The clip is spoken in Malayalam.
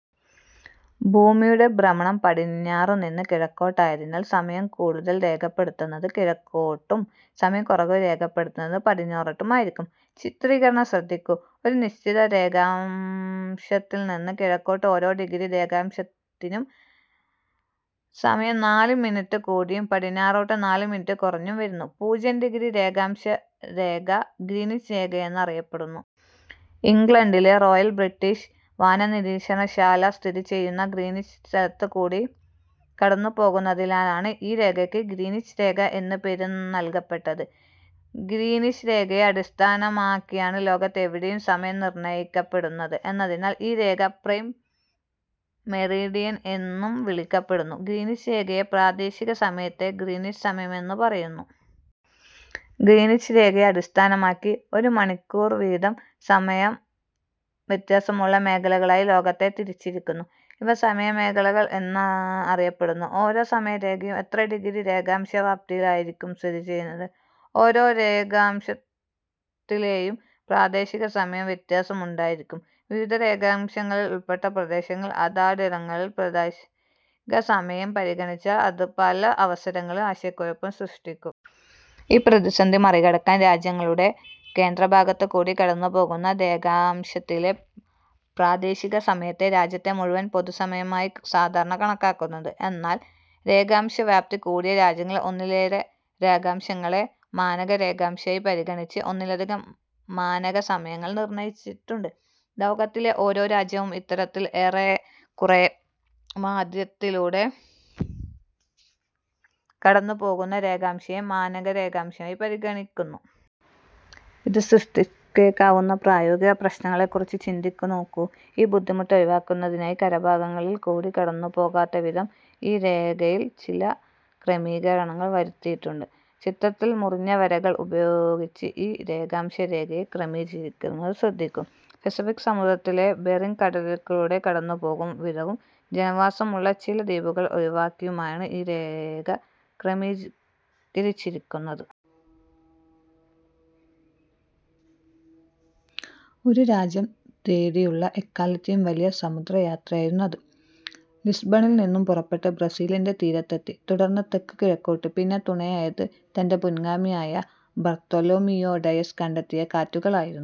ഭൂമിയുടെ ഭ്രമണം പടിഞ്ഞാറുനിന്നു കിഴക്കോട്ടായതിനാൽ സമയക്കൂടുതൽ രേഖപ്പെടുത്തുന്നത് കിഴക്കോട്ടും സമയക്കുറവ് രേഖപ്പെടുത്തുന്നത് പടിഞ്ഞാറോട്ടും ആയിരിക്കും. ചിത്രീകരണം ശ്രദ്ധിക്കൂ. ഒരു നിശ്ചിത രേഖാംശത്തിൽ നിന്നു കിഴക്കോട്ട് ഓരോ ഡിഗ്രി രേഖാംശത്തിനും സമയം നാല് മിനിറ്റ് കൂടിയും പടിഞ്ഞാറോട്ട് നാല് മിനിറ്റ് കുറഞ്ഞും വരുന്നു. പൂജ്യം ഡിഗ്രി രേഖാംശരേഖ ഗ്രീനിച്ച് രേഖയെന്നറിയപ്പെടുന്നു. ഇംഗ്ലണ്ടിലെ റോയൽ ബ്രിട്ടീഷ് വാനനിരീക്ഷണശാല സ്ഥിതിചെയ്യുന്ന ഗ്രീനിച്ച് എന്ന സ്ഥലത്തുകൂടി കടന്നുപോകുന്നതിനാലാണ് ഈ രേഖയ്ക്ക് ഗ്രീനിച്ച് രേഖ എന്ന പേര് നൽകപ്പെട്ടത്. ഗ്രീനിച്ച് രേഖയെ അടിസ്ഥാനമാക്കിയാണ് ലോകത്ത് എവിടെയും സമയം നിർണയിക്കപ്പെടുന്നത് എന്നതിനാൽ ഈ രേഖ പ്രൈം മെറീഡിയൻ എന്നും വിളിക്കപ്പെടുന്നു. ഗ്രീനിച്ച് രേഖയെ പ്രാദേശികസമയത്തെ ഗ്രീനിച്ച് സമയം എന്നു പറയുന്നു. ഗ്രീനിച്ച് രേഖയെ അടിസ്ഥാനമാക്കി ഒരുമണിക്കൂർ വീതം സമയവ്യത്യാസമുള്ള മേഖലകളായി ലോകത്തെ തിരിച്ചിരിക്കുന്നു. ഇവ സമയമേഖലകൾ എന്ന് അറിയപ്പെടുന്നു. ഓരോ സമയമേഖലയും എത്ര ഡിഗ്രി രേഖാംശ വ്യാപ്തിയിലായിരിക്കും സ്ഥിതിചെയ്യുന്നത്? ഓരോ രേഖാംശത്തിലെയും പ്രാദേശികസമയത്തിൽ വ്യത്യാസം ഉണ്ടായിരിക്കും. വിവിധ രേഖാംശങ്ങളിൽ ഉൾപ്പെട്ട പ്രദേശങ്ങൾ അതാതിടങ്ങളിലെ പ്രാദേശികസമയം പരിഗണിച്ചാൽ അത് പല അവസരങ്ങളിലും ആശയക്കുഴപ്പം സൃഷ്ടിക്കും. ഈ പ്രതിസന്ധി മറികടക്കാൻ രാജ്യങ്ങളുടെ കേന്ദ്രഭാഗത്തുകൂടി കടന്നുപോകുന്ന രേഖാംശത്തിലെ പ്രാദേശികസമയത്തെ രാജ്യത്ത് മുഴുവൻ പൊതുസമയമായാണ് സാധാരണ കണക്കാക്കുന്നത്. എന്നാൽ രേഖാംശവ്യാപ്തി കൂടിയ രാജ്യങ്ങളിൽ ഒന്നിലേറെ രേഖാംശങ്ങളെ മാനകരേഖാംശമായി പരിഗണിച്ച് ഒന്നിലധികം മാനകസമയങ്ങൾ നിർണയിച്ചിട്ടുണ്ട്. ലോകത്തിലെ ഓരോ രാജ്യവും ഇത്തരത്തിൽ ഏറക്കുറേ മധ്യത്തിലൂടെ കടന്നുപോകുന്ന രേഖാംശ യെ മാനകരേഖാംശമായി പരിഗണിക്കുന്നു. ഇത് സൃഷ്ടിച്ചേക്കാവുന്ന പ്രായോഗിക പ്രശ്നങ്ങളെ കുറിച്ച് ചിന്തിച്ചു നോക്കൂ. ഈ ബുദ്ധിമുട്ട് ഒഴിവാക്കുന്നതിനായി കരഭാഗങ്ങളിൽ കൂടി കടന്നുപോകാത്തവിധം ഈ രേഖയിൽ ചിലക്രമീകരണങ്ങൾ വരുത്തിയിട്ടുണ്ട്. ചിത്രത്തിൽ മുറിഞ്ഞവരകൾ ഉപയോഗിച്ച് ഈ രേഖാംശരേഖയെ ക്രമീകരിച്ചിരിക്കുന്നത് ശ്രദ്ധിക്കൂ. പസഫിക് സമുദ്രത്തിലെ ബെറിങ് കടലിടുക്കിലൂടെ കടന്നുപോകും വിധവും ജനവാസമുള്ള ചില ദ്വീപുകള് ഒഴിവാക്കിയുമാണ് ഈ രേഖ ക്രമീകരിച്ചിരിക്കുന്നത്. ഒരു രാജ്യം തേടിയുള്ള എക്കാലത്തെയും വലിയ സമുദ്രയാത്രയായിരുന്നു അത്. ലിസ്ബണിൽ നിന്നു പുറപ്പെട്ട് ബ്രസീലിന്റെ തീരത്തെത്തി. തുടർന്ന് തെക്കുകിഴക്കോട്ട്. പിന്നെ തുണയായത് തന്റെ പുൻഗാമിയായ ബർത്തലോമിയോ ഡയസ് കണ്ടെത്തിയ കാറ്റുകളായിരുന്നു.